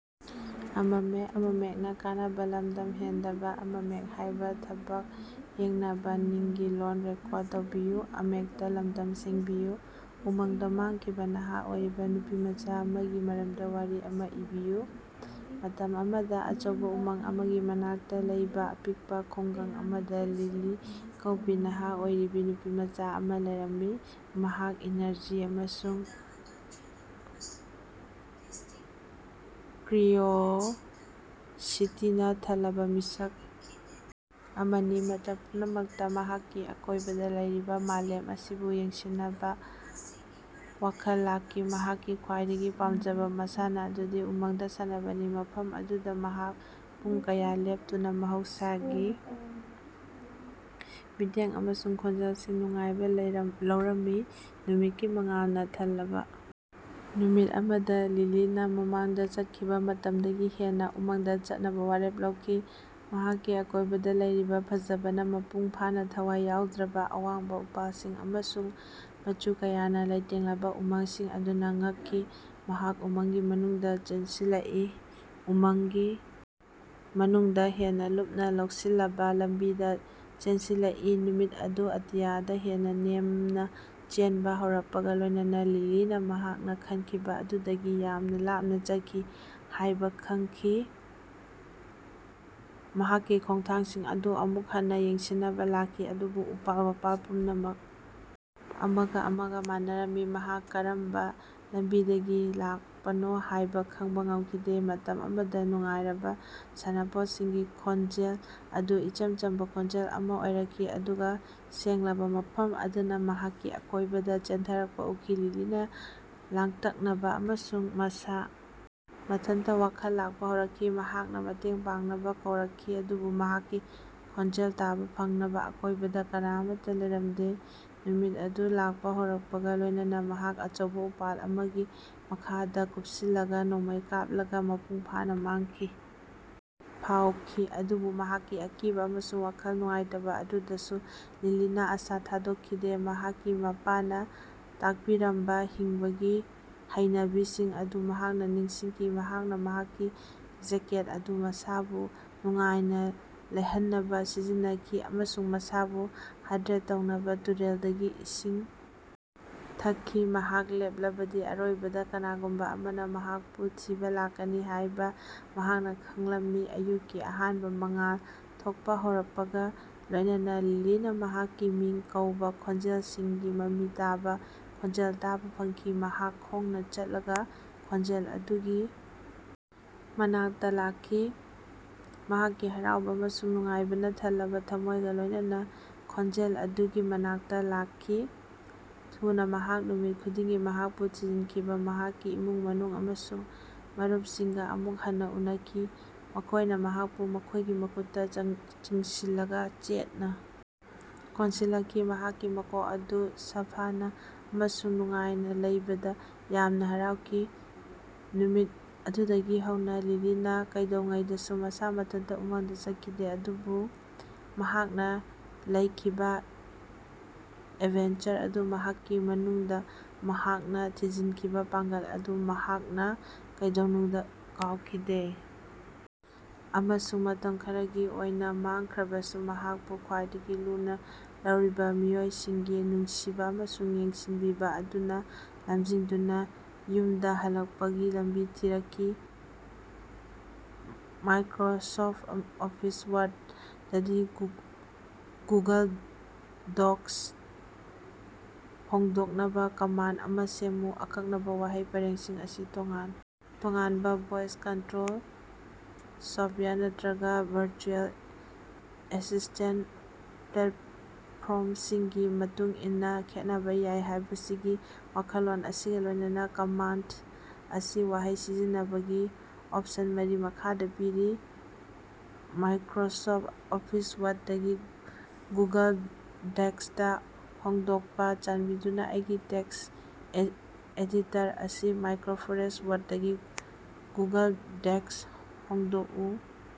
ꯎꯃꯪꯗ ꯃꯥꯡꯈꯤꯕ ꯅꯍꯥ ꯑꯣꯏꯔꯤꯕ ꯅꯨꯄꯤꯃꯆꯥ ꯑꯃꯒꯤ ꯃꯔꯝꯗ ꯋꯥꯔꯤ ꯑꯃ ꯏꯕꯤꯌꯨ꯫ ꯃꯇꯝ ꯑꯃꯗ ꯑꯆꯧꯕ ꯎꯃꯪ ꯑꯃꯒꯤ ꯃꯅꯥꯛꯇ ꯂꯩꯕ ꯑꯄꯤꯛꯄ ꯈꯨꯡꯒꯪ ꯑꯃꯗ ꯂꯤꯂꯤ ꯀꯧꯕꯤ ꯅꯍꯥ ꯑꯣꯏꯔꯤꯕꯤ ꯅꯨꯄꯤꯃꯆꯥ ꯑꯃ ꯂꯩꯔꯝꯃꯤ꯫ ꯃꯍꯥꯛ ꯏꯅꯔꯖꯤ ꯑꯃꯁꯨꯡ ꯀ꯭ꯌꯨꯔꯤꯑꯣꯁꯤꯇꯤꯅ ꯊꯜꯂꯕ ꯃꯤꯁꯛ ꯑꯃꯅꯤ꯫ ꯃꯇꯝ ꯄꯨꯝꯅꯃꯛꯇ ꯃꯍꯥꯛꯀꯤ ꯑꯀꯣꯏꯕꯗ ꯂꯩꯔꯤꯕ ꯃꯥꯂꯦꯝ ꯑꯁꯤꯕꯨ ꯌꯦꯡꯁꯤꯟꯅꯕ ꯋꯥꯈꯜ ꯂꯥꯛꯈꯤ꯫ ꯃꯍꯥꯛꯀꯤ ꯈ꯭ꯋꯥꯏꯗꯒꯤ ꯄꯥꯝꯖꯕ ꯃꯁꯥꯟꯅ ꯑꯗꯨꯗꯤ ꯎꯃꯪꯗ ꯁꯥꯟꯅꯕꯅꯤ꯫ ꯃꯐꯝ ꯑꯗꯨꯗ ꯃꯍꯥꯛ ꯄꯨꯡ ꯀꯌꯥ ꯂꯦꯞꯇꯨꯅ ꯃꯍꯧꯁꯥꯒꯤ ꯃꯤꯠꯌꯦꯡ ꯑꯃꯁꯨꯡ ꯈꯣꯟꯖꯦꯜꯁꯤꯡ ꯅꯨꯡꯉꯥꯏꯕ ꯂꯧꯔꯝꯃꯤ꯫ ꯅꯨꯃꯤꯠꯀꯤ ꯃꯉꯥꯜꯅ ꯊꯜꯂꯕ ꯅꯨꯃꯤꯠ ꯑꯃꯗ ꯂꯤꯂꯤꯅ ꯃꯃꯥꯡꯗ ꯆꯠꯈꯤꯕ ꯃꯇꯝꯗꯒꯤ ꯍꯦꯟꯅ ꯎꯃꯪꯗ ꯆꯠꯅꯕ ꯋꯥꯔꯦꯞ ꯂꯧꯈꯤ꯫ ꯃꯍꯥꯛꯀꯤ ꯑꯀꯣꯏꯕꯗ ꯂꯩꯔꯤꯕ ꯐꯖꯕꯅ ꯃꯄꯨꯡ ꯐꯥꯅ ꯊꯋꯥꯏ ꯌꯥꯎꯗ꯭ꯔꯕ ꯑꯋꯥꯡꯕ ꯎꯄꯥꯜꯁꯤꯡ ꯑꯃꯁꯨꯡ ꯃꯆꯨ ꯀꯌꯥꯅ ꯂꯩꯇꯦꯡꯂꯕ ꯎꯃꯪꯁꯤꯡ ꯑꯗꯨꯅ ꯉꯛꯈꯤ꯫ ꯃꯍꯥꯛ ꯎꯃꯪꯒꯤ ꯃꯅꯨꯡꯗ ꯆꯦꯟꯁꯤꯜꯂꯛꯏ꯫ ꯎꯃꯪꯒꯤ ꯃꯅꯨꯡꯗ ꯍꯦꯟꯅ ꯂꯨꯝꯅ ꯂꯧꯁꯤꯜꯂꯕ ꯂꯝꯕꯤꯗ ꯆꯦꯟꯁꯤꯜꯂꯛꯏ꯫ ꯅꯨꯃꯤꯠ ꯑꯗꯨ ꯑꯇꯤꯌꯥꯗ ꯍꯦꯟꯅ ꯅꯦꯝꯅ ꯆꯦꯟꯕ ꯍꯧꯔꯛꯄꯒ ꯂꯣꯏꯅꯅ ꯂꯤꯂꯤꯅ ꯃꯍꯥꯛꯅ ꯈꯟꯈꯤꯕ ꯑꯗꯨꯗꯒꯤ ꯌꯥꯝꯅ ꯂꯥꯞꯅ ꯆꯠꯈꯤ ꯍꯥꯏꯕ ꯈꯪꯈꯤ꯫ ꯃꯍꯥꯛꯀꯤ ꯈꯣꯡꯊꯥꯡꯁꯤꯡ ꯑꯗꯨ ꯑꯃꯨꯛ ꯍꯟꯅ ꯌꯦꯡꯁꯤꯟꯅꯕ ꯂꯥꯛꯈꯤ ꯑꯗꯨꯕꯨ ꯎꯄꯥꯜ-ꯋꯥꯄꯥꯜ ꯄꯨꯝꯅꯃꯛ ꯑꯃꯒ ꯑꯃꯒ ꯃꯥꯟꯅꯔꯝꯃꯤ꯫ ꯃꯍꯥꯛ ꯀꯔꯝꯕ ꯂꯝꯕꯤꯗꯒꯤ ꯂꯥꯛꯄꯅꯣ ꯍꯥꯏꯕ ꯈꯪꯕ ꯉꯝꯈꯤꯗꯦ꯫ ꯃꯇꯝ ꯑꯃꯗ ꯅꯨꯡꯉꯥꯏꯔꯕ ꯁꯥꯟꯅꯄꯣꯠꯁꯤꯡꯒꯤ ꯈꯣꯟꯖꯦꯜ ꯑꯗꯨ ꯏꯆꯝ ꯆꯝꯕ ꯈꯣꯟꯖꯦꯜ ꯑꯃ ꯑꯣꯏꯔꯛꯈꯤ ꯑꯗꯨꯒ ꯁꯦꯡꯂꯕ ꯃꯐꯝ ꯑꯗꯨꯅ ꯃꯍꯥꯛꯀꯤ ꯑꯀꯣꯏꯕꯗ ꯆꯦꯟꯊꯔꯛꯄ ꯎꯈꯤ꯫ ꯂꯤꯂꯤꯅ ꯂꯥꯡꯇꯛꯅꯕ ꯑꯃꯁꯨꯡ ꯃꯁꯥ ꯃꯊꯟꯇ ꯋꯥꯈꯜ ꯂꯥꯛꯄ ꯍꯧꯔꯛꯈꯤ꯫ ꯃꯍꯥꯛꯅ ꯃꯇꯦꯡ ꯄꯥꯡꯅꯕ ꯀꯧꯔꯛꯈꯤ ꯑꯗꯨꯕꯨ ꯃꯍꯥꯛꯀꯤ ꯈꯣꯟꯖꯦꯜ ꯇꯥꯕ ꯐꯪꯅꯕ ꯑꯀꯣꯏꯕꯗ ꯀꯅꯥ ꯑꯃꯠꯇ ꯂꯩꯔꯝꯗꯦ꯫ ꯅꯨꯃꯤꯠ ꯑꯗꯨ ꯂꯥꯛꯄ ꯍꯧꯔꯛꯄꯒ ꯂꯣꯏꯅꯅ ꯃꯍꯥꯛ ꯑꯆꯧꯕ ꯎꯄꯥꯜ ꯑꯃꯒꯤ ꯃꯈꯥꯗ ꯀꯨꯞꯁꯤꯜꯂꯒ ꯅꯣꯡꯃꯩ ꯀꯥꯞꯂꯒ ꯃꯄꯨꯡ ꯐꯥꯅ ꯃꯥꯡꯈꯤꯕ ꯐꯥꯎꯈꯤ꯫ ꯑꯗꯨꯕꯨ ꯃꯍꯥꯛꯀꯤ ꯑꯀꯤꯕ ꯑꯃꯁꯨꯡ ꯋꯥꯈꯜ ꯅꯨꯡꯉꯥꯏꯇꯕ ꯑꯗꯨꯗꯁꯨ ꯂꯤꯂꯤꯅ ꯑꯁꯥ ꯊꯥꯗꯣꯛꯈꯤꯗꯦ꯫ ꯃꯍꯥꯛꯀꯤ ꯃꯄꯥꯅ ꯇꯥꯛꯄꯤꯔꯝꯕ ꯍꯤꯡꯕꯒꯤ ꯍꯩꯅꯕꯤꯁꯤꯡ ꯑꯗꯨ ꯃꯍꯥꯛꯅ ꯅꯤꯡꯁꯤꯡꯈꯤ꯫ ꯃꯍꯥꯛꯅ ꯃꯍꯥꯛꯀꯤ ꯖꯦꯀꯦꯠ ꯑꯗꯨ ꯃꯁꯥꯕꯨ ꯅꯨꯡꯉꯥꯏꯅ ꯂꯩꯍꯟꯅꯕ ꯁꯤꯖꯤꯟꯅꯈꯤ ꯑꯃꯁꯨꯡ ꯃꯁꯥꯕꯨ ꯍꯥꯏꯗ꯭ꯔꯦꯠ ꯇꯧꯅꯕ ꯇꯨꯔꯦꯜꯗꯒꯤ ꯏꯁꯤꯡ ꯊꯛꯈꯤ꯫ ꯃꯍꯥꯛ ꯂꯦꯞꯂꯕꯗꯤ ꯑꯔꯣꯏꯕꯗ ꯀꯅꯥꯒꯨꯝꯕ ꯑꯃꯅ ꯃꯍꯥꯛꯄꯨ ꯊꯤꯕ ꯂꯥꯛꯀꯅꯤ ꯍꯥꯏꯕ ꯃꯍꯥꯛꯅ ꯈꯪꯂꯝꯃꯤ꯫ ꯑꯌꯨꯛꯀꯤ ꯑꯍꯥꯟꯕ ꯃꯉꯥꯜ ꯊꯣꯛꯄ ꯍꯧꯔꯛꯄꯒ ꯂꯣꯏꯅꯅ ꯂꯤꯂꯤꯅ ꯃꯍꯥꯛꯀꯤ ꯃꯤꯡ ꯀꯧꯕ ꯈꯣꯟꯖꯦꯜꯁꯤꯡꯒꯤ ꯃꯃꯤ ꯇꯥꯕ, ꯈꯣꯟꯖꯦꯜ ꯇꯥꯕ ꯐꯪꯈꯤ꯫ ꯃꯍꯥꯛ ꯈꯣꯡꯅ ꯆꯠꯂꯒ ꯈꯣꯟꯖꯦꯜ ꯑꯗꯨꯒꯤ ꯃꯅꯥꯛꯇ ꯂꯥꯛꯈꯤ꯫ ꯃꯍꯥꯛꯀꯤ ꯍꯔꯥꯎꯕ ꯑꯃꯁꯨꯡ ꯅꯨꯡꯉꯥꯏꯕꯅ ꯊꯜꯂꯕ ꯊꯃꯣꯏꯒ ꯂꯣꯏꯅꯅ ꯈꯣꯟꯖꯦꯜ ꯑꯗꯨꯒꯤ ꯃꯅꯥꯛꯇ ꯂꯥꯛꯈꯤ꯫ ꯊꯨꯅ ꯃꯍꯥꯛ ꯅꯨꯃꯤꯠ ꯈꯨꯗꯤꯡꯒꯤ ꯃꯍꯥꯛꯄꯨ ꯊꯤꯖꯤꯟꯈꯤꯕ ꯃꯍꯥꯛꯀꯤ ꯏꯃꯨꯡ ꯃꯅꯨꯡ ꯑꯃꯁꯨꯡ ꯃꯔꯨꯞꯁꯤꯡꯒ ꯑꯃꯨꯛ ꯍꯟꯅ ꯎꯅꯈꯤ꯫ ꯃꯈꯣꯏꯅ ꯃꯍꯥꯛꯄꯨ ꯃꯈꯣꯏꯒꯤ ꯃꯈꯨꯠꯇ ꯆꯤꯡꯁꯤꯜꯂꯒ ꯆꯦꯠꯅ ꯀꯣꯟꯁꯤꯜꯂꯛꯈꯤ꯫ ꯃꯍꯥꯛꯀꯤ ꯃꯀꯣꯛ ꯑꯗꯨ ꯁꯥꯐꯅ ꯑꯃꯁꯨꯡ ꯅꯨꯡꯉꯥꯏꯅ ꯂꯩꯕꯗ ꯌꯥꯝꯅ ꯍꯔꯥꯎꯈꯤ꯫ ꯅꯨꯃꯤꯠ ꯑꯗꯨꯗꯒꯤ ꯍꯧꯅ ꯂꯤꯂꯤꯅ ꯀꯩꯗꯧꯉꯩꯗꯁꯨ ꯃꯁꯥ ꯃꯊꯟꯇ ꯎꯃꯪꯗ ꯆꯠꯈꯤꯗꯦ꯫ ꯑꯗꯨꯕꯨ ꯃꯍꯥꯛꯅ ꯂꯩꯈꯤꯕ ꯑꯦꯗꯚꯦꯟꯆꯔ ꯑꯗꯨ ꯃꯍꯥꯛꯀꯤ ꯃꯅꯨꯡꯗ ꯃꯍꯥꯛꯅ ꯊꯤꯖꯤꯟꯈꯤꯕ ꯄꯥꯡꯒꯜ ꯑꯗꯨ ꯃꯍꯥꯛꯅ ꯀꯩꯗꯧꯅꯨꯡꯗ ꯀꯥꯎꯈꯤꯗꯦ꯫ ꯑꯃꯁꯨꯡ ꯃꯇꯝ ꯈꯔꯒꯤ ꯑꯣꯏꯅ ꯃꯥꯡꯈ꯭ꯔꯕꯁꯨ ꯃꯍꯥꯛꯄꯨ ꯈ꯭ꯋꯥꯏꯗꯒꯤ ꯂꯨꯅ ꯂꯧꯔꯤꯕ ꯃꯤꯑꯣꯏꯁꯤꯡꯒꯤ ꯅꯨꯡꯁꯤꯕ ꯑꯃꯁꯨꯡ ꯌꯦꯡꯁꯤꯟꯕꯤꯕ ꯑꯗꯨꯅ ꯂꯝꯖꯤꯡꯗꯨꯅ ꯌꯨꯃꯗ ꯍꯜꯂꯛꯄꯒꯤ ꯂꯝꯕꯤ ꯊꯤꯔꯛꯈꯤ꯫ "ꯃꯥꯏꯀ꯭ꯔꯣꯁꯣꯐꯠ ꯑꯣꯐꯤꯁ ꯋꯥꯔꯗ"ꯗꯒꯤ "ꯒꯨꯒꯜ ꯗꯣꯛꯁ"ꯇ ꯍꯣꯡꯗꯣꯛꯅꯕ ꯀꯃꯥꯟꯗ ꯑꯃ ꯁꯦꯝꯃꯨ꯫ ꯑꯀꯛꯅꯕ ꯋꯥꯍꯩ ꯄꯔꯦꯡꯁꯤꯡ ꯑꯁꯤ ꯇꯣꯉꯥꯟ ꯇꯣꯉꯥꯟꯕ ꯚꯣꯏꯁ ꯀꯟꯇ꯭ꯔꯣꯜ ꯁꯣꯐꯠꯋꯦꯌꯔ ꯅꯠꯇ꯭ꯔꯒ ꯚꯔꯆꯨꯑꯦꯜ ꯑꯦꯁꯤꯁꯇꯦꯟꯇ ꯄ꯭ꯂꯦꯠꯐꯣꯔꯝꯁꯤꯡꯒꯤ ꯃꯇꯨꯡ ꯏꯟꯅ ꯈꯦꯠꯅꯕ ꯌꯥꯏ ꯍꯥꯏꯕꯁꯤꯒꯤ ꯋꯥꯈꯜꯂꯣꯟ ꯑꯁꯤꯒ ꯂꯣꯏꯅꯅ ꯀꯃꯥꯟꯗ ꯑꯁꯤ ꯋꯥꯍꯩ ꯁꯤꯖꯤꯟꯅꯕꯒꯤ ꯑꯣꯞꯁꯟ ꯃꯔꯤ ꯃꯈꯥꯗ ꯄꯤꯔꯤ: "ꯃꯥꯏꯀ꯭ꯔꯣꯁꯣꯐꯠ ꯑꯣꯐꯤꯁ ꯋꯥꯔꯗꯇꯒꯤ ꯒꯨꯒꯜ ꯗꯣꯛꯁꯇ ꯍꯣꯡꯗꯣꯛꯄ", "ꯆꯥꯟꯕꯤꯗꯨꯅ ꯑꯩꯒꯤ ꯇꯦꯛꯁ ꯑꯦꯗꯤꯇꯔ ꯑꯁꯤ ꯃꯥꯏꯀ꯭ꯔꯣꯁꯣꯐꯠ ꯋꯥꯔꯗꯇꯒꯤ ꯒꯨꯒꯜ ꯗꯣꯛꯁꯇ ꯍꯣꯡꯗꯣꯛꯎ"꯫